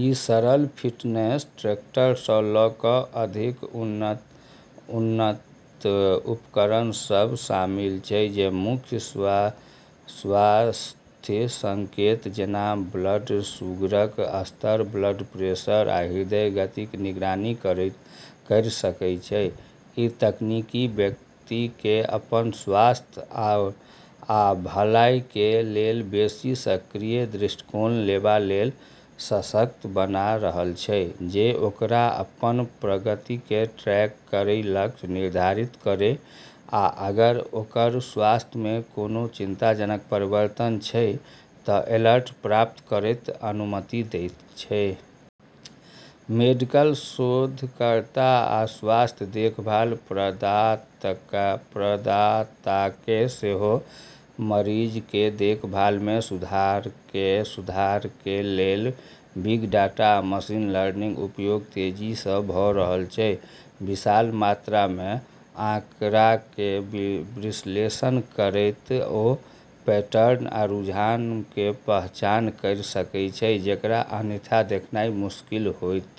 ई सरल फिटनेस ट्रैकरसँ ल' क' अधिक उन्नत उपकरण सब शामिल छै जे मुख्य स्वास्थ्य संकेतक जेना ब्लड शुगरके स्तर, ब्लड प्रेशर, आ हृदय गतिके निगरानी करि सकै छै । ई तकनीक व्यक्तिके अपन स्वास्थ्य आ भलाइके लेल बेशी सक्रिय दृष्टिकोण लेवा लेल सशक्त बना रहल छै, जे ओकरा अपन प्रगतिके ट्रैक करै, लक्ष्य निर्धारित करै आ अगर ओकर स्वास्थ्यमे कोनो चिंताजनक परिवर्तन छै त' अलर्ट प्राप्त करैके अनुमति दैत छै । मेडिकल शोधकर्ता आ स्वास्थ्य देखभाल प्रदाताके सेहो मरीजके देखभालमे सुधारके लेल बिग डाटा आ मशीन लर्निंगके उपयोग तेजीसँ भ' रहल छै । विशाल मात्रामे आंकड़ाकें विश्लेषण करैत ओ पैटर्न आ रुझानकें पहचान करि सके छै जेकरा अन्यथा देखनाइ मुश्किल होइत।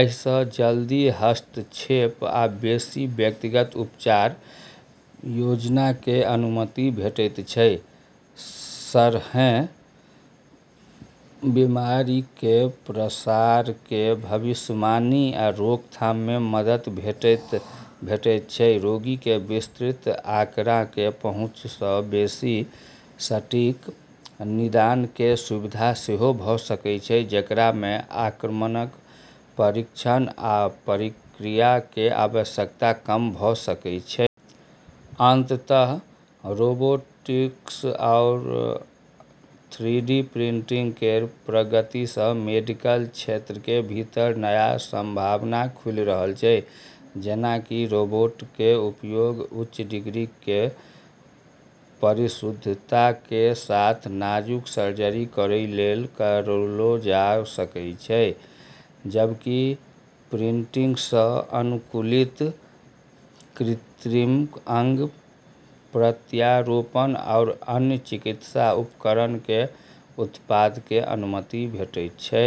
एहिसँ जल्दी हस्तक्षेप आ बेसि व्यक्तिगत उपचार योजनाके अनुमति भेटैत छै, सङ्गहेँ बीमारिके प्रसारके भविष्यवाणी आ रोकथाममे मदद भेटैत छै । रोगीके विस्तृत आंकड़ाके पहुंचसँ बेशी सटीक निदानके सुविधा सेहो भ' सकै छै, जेकरासँ आक्रामक परीक्षण आ प्रक्रियाके आवश्यकता कम भ' सकै छै । अंततः रोबोटिक्स आओर थ्रीडी प्रिंटिंग केर प्रगतिसँ मेडिकल क्षेत्रके भीतर नया संभावना खुलि रहल छै। जेना कि रोबोटके उपयोग उच्च डिग्रीके परिशुद्धताके साथ नाजुक सर्जरी करै लेल करलौ जा सकै छै, जबकि प्रिंटिंगसँ अनुकूलित कृत्रिम अंग, प्रत्यारोपण आओर अन्य चिकित्सा उपकरणके उत्पादनके अनुमति भेटै छै।